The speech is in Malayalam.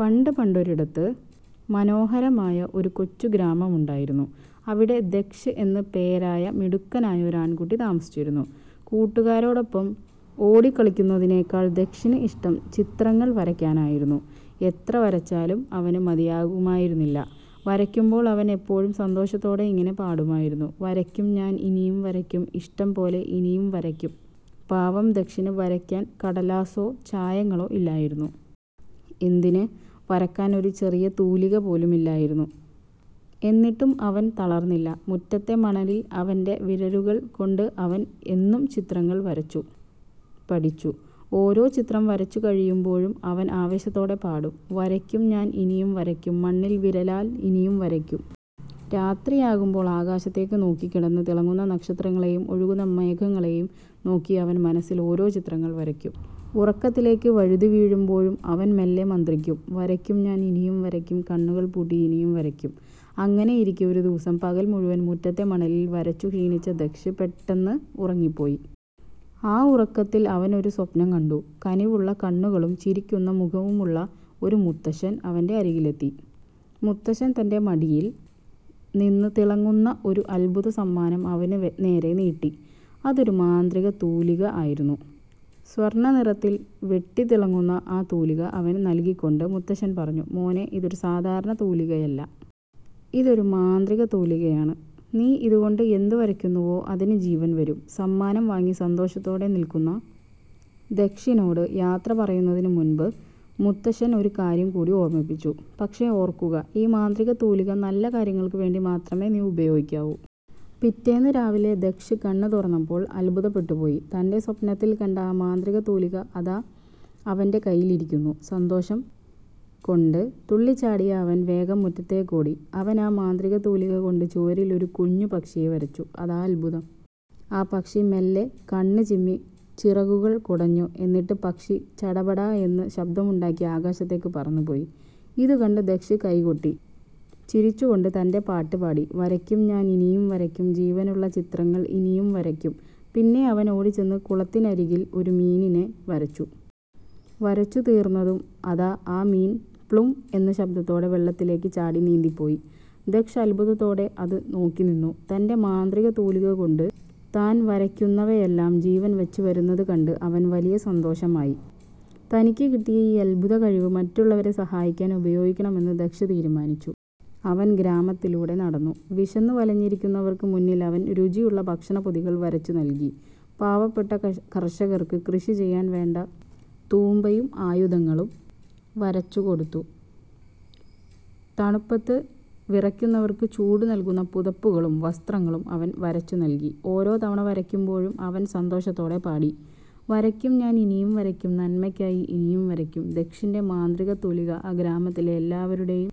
പണ്ട് പണ്ടൊരിടത്ത്, മനോഹരമായ ഒരു കൊച്ചു ഗ്രാമമുണ്ടായിരുന്നു. അവിടെ ദക്ഷ് എന്ന് പേരായ മിടുക്കനായ ഒരു ആൺകുട്ടി താമസിച്ചിരുന്നു. കൂട്ടുകാരോടൊപ്പം ഓടിക്കളിക്കുന്നതിനേക്കാൾ ദക്ഷിന് ഇഷ്ടം ചിത്രങ്ങൾ വരയ്ക്കാനായിരുന്നു. എത്ര വരച്ചാലും അവന് മതിയാകുമായിരുന്നില്ല. വരയ്ക്കുമ്പോൾ അവൻ എപ്പോഴും സന്തോഷത്തോടെ ഇങ്ങനെ പാടുമായിരുന്നു: "വരയ്ക്കും ഞാൻ ഇനിയും വരയ്ക്കും, ഇഷ്ടം പോലെ ഇനിയും വരയ്ക്കും" പാവം ദക്ഷിന് വരയ്ക്കാൻ കടലാസോ ചായങ്ങളോ ഇല്ലായിരുന്നു. എന്തിന്, വരക്കാൻ ഒരു ചെറിയ തൂലിക പോലുമില്ലായിരുന്നു! എന്നിട്ടും അവൻ തളർന്നില്ല. മുറ്റത്തെ മണലിൽ അവന്റെ വിരലുകൾ കൊണ്ട് അവൻ എന്നും ചിത്രങ്ങൾ വരച്ചു പഠിച്ചു. ഓരോ ചിത്രം വരച്ചു കഴിയുമ്പോഴും അവൻ ആവേശത്തോടെ പാടും: "വരയ്ക്കും ഞാൻ ഇനിയും വരയ്ക്കും, മണ്ണിൽ വിരലാൽ ഇനിയും വരയ്ക്കും! " രാത്രിയാകുമ്പോൾ ആകാശത്തേക്ക് നോക്കിക്കിടന്ന് തിളങ്ങുന്ന നക്ഷത്രങ്ങളെയും ഒഴുകുന്ന മേഘങ്ങളെയും നോക്കി അവൻ മനസ്സിൽ ഓരോ ചിത്രങ്ങൾ വരയ്ക്കും. ഉറക്കത്തിലേക്ക് വഴുതി വീഴുമ്പോഴും അവൻ മെല്ലെ മന്ത്രിക്കും: "വരയ്ക്കും ഞാൻ ഇനിയും വരയ്ക്കും, കണ്ണുകൾ പൂട്ടി ഇനിയും വരയ്ക്കും! " അങ്ങനെയിരിക്കെ ഒരു ദിവസം, പകൽ മുഴുവൻ മുറ്റത്തെ മണലിൽ വരച്ചു ക്ഷീണിച്ച ദക്ഷ് പെട്ടെന്ന് ഉറങ്ങിപ്പോയി. ആ ഉറക്കത്തിൽ അവനൊരു സ്വപ്നം കണ്ടു. കനിവുള്ള കണ്ണുകളും ചിരിക്കുന്ന മുഖവുമുള്ള ഒരു മുത്തശ്ശൻ അവന്റെ അരികിലെത്തി. മുത്തശ്ശൻ തന്റെ മടിയിൽ നിന്ന് തിളങ്ങുന്ന ഒരു അത്ഭുത സമ്മാനം അവനു നേരെ നീട്ടി. അതൊരു മാന്ത്രികത്തൂലിക ആയിരുന്നു. സ്വർണനിറത്തിൽ വെട്ടിത്തിളങ്ങുന്ന ആ തൂലിക അവന് നൽകിക്കൊണ്ട് മുത്തശ്ശൻ പറഞ്ഞു: "മോനേ, ഇതൊരു സാധാരണ തൂലികയല്ല. ഇതൊരു മാന്ത്രികത്തൂലികയാണ്. നീ ഇതുകൊണ്ട് എന്ത് വരയ്ക്കുന്നുവോ, അതിന് ജീവൻ വരും! " സമ്മാനം വാങ്ങി സന്തോഷത്തോടെ നിൽക്കുന്ന ദക്ഷിനോട് യാത്ര പറയുന്നതിന് മുൻപ് മുത്തശ്ശൻ ഒരു കാര്യം കൂടി ഓർമ്മിപ്പിച്ചു: "പക്ഷേ ഓർക്കുക, ഈ മാന്ത്രികത്തൂലിക നല്ല കാര്യങ്ങൾക്ക് വേണ്ടി മാത്രമേ നീ ഉപയോഗിക്കാവൂ! " പിറ്റേന്ന് രാവിലെ ദക്ഷ് കണ്ണ് തുറന്നപ്പോൾ അത്ഭുതപ്പെട്ടു പോയി! തന്റെ സ്വപ്നത്തിൽ കണ്ട ആ മാന്ത്രികത്തൂലിക അതാ അവന്റെ കയ്യിൽ ഇരിക്കുന്നു! സന്തോഷം കൊണ്ട് തുള്ളിച്ചാടിയ അവൻ വേഗം മുറ്റത്തേക്കോടി. അവൻ ആ മാന്ത്രികത്തൂലിക കൊണ്ട് ചുവരിൽ ഒരു കുഞ്ഞു പക്ഷിയെ വരച്ചു. അതാ അത്ഭുതം! ആ പക്ഷി മെല്ലെ കണ്ണ് ചിമ്മി, ചിറകുകൾ കുടഞ്ഞു. എന്നിട്ട് പക്ഷി 'ചടപടാ' എന്ന് ശബ്ദമുണ്ടാക്കി ആകാശത്തേക്ക് പറന്നുപോയി! ഇതുകണ്ട് ദക്ഷ് കൈകൊട്ടി ചിരിച്ചു കൊണ്ട് തന്റെ പാട്ട് പാടി: "വരയ്ക്കും ഞാൻ ഇനിയും വരയ്ക്കും ജീവനുള്ള ചിത്രങ്ങൾ ഇനിയും വരയ്ക്കും! " പിന്നെ അവൻ ഓടിച്ചെന്ന് കുളത്തിനരികിൽ ഒരു മീനിനെ വരച്ചു. വരച്ചു തീർന്നതും അതാ ആ മീൻ 'പ്ളും' എന്ന് ശബ്ദത്തോടെ വെള്ളത്തിലേക്ക് ചാടി നീന്തി പോയി. ദക്ഷ് അത്ഭുതത്തോടെ അത് നോക്കി നിന്നു. തന്റെ മാന്ത്രികത്തൂലിക കൊണ്ട് താൻ വരയ്ക്കുന്നവയെല്ലാം ജീവൻ വച്ച് വരുന്നത് കണ്ട് അവന് വലിയ സന്തോഷമായി. തനിക്ക് കിട്ടിയ ഈ അത്ഭുത കഴിവ് മറ്റുള്ളവരെ സഹായിക്കാൻ ഉപയോഗിക്കണമെന്ന് ദക്ഷ് തീരുമാനിച്ചു. അവൻ ഗ്രാമത്തിലൂടെ നടന്നു. വിശന്നു വലഞ്ഞിരിക്കുന്നവർക്ക് മുന്നിൽ അവൻ രുചിയുള്ള ഭക്ഷണപ്പൊതികൾ വരച്ചു നൽകി. പാവപ്പെട്ട കർഷകർക്ക് കൃഷി ചെയ്യാൻ വേണ്ട തൂമ്പയും ആയുധങ്ങളും വരച്ചു കൊടുത്തു. തണുപ്പത്ത് വിറയ്ക്കുന്നവർക്ക് ചൂടു നൽകുന്ന പുതപ്പുകളും വസ്ത്രങ്ങളും അവൻ വരച്ചു നൽകി. ഓരോ തവണ വരയ്ക്കുമ്പോഴും അവൻ സന്തോഷത്തോടെ പാടി: "വരയ്ക്കും ഞാൻ ഇനിയും വരയ്ക്കും, നന്മയ്ക്കായി ഇനിയും വരയ്ക്കും! " ദക്ഷിന്റെ മാന്ത്രികത്തൂലിക ആ ഗ്രാമത്തിലെ എല്ലാവരുടെയും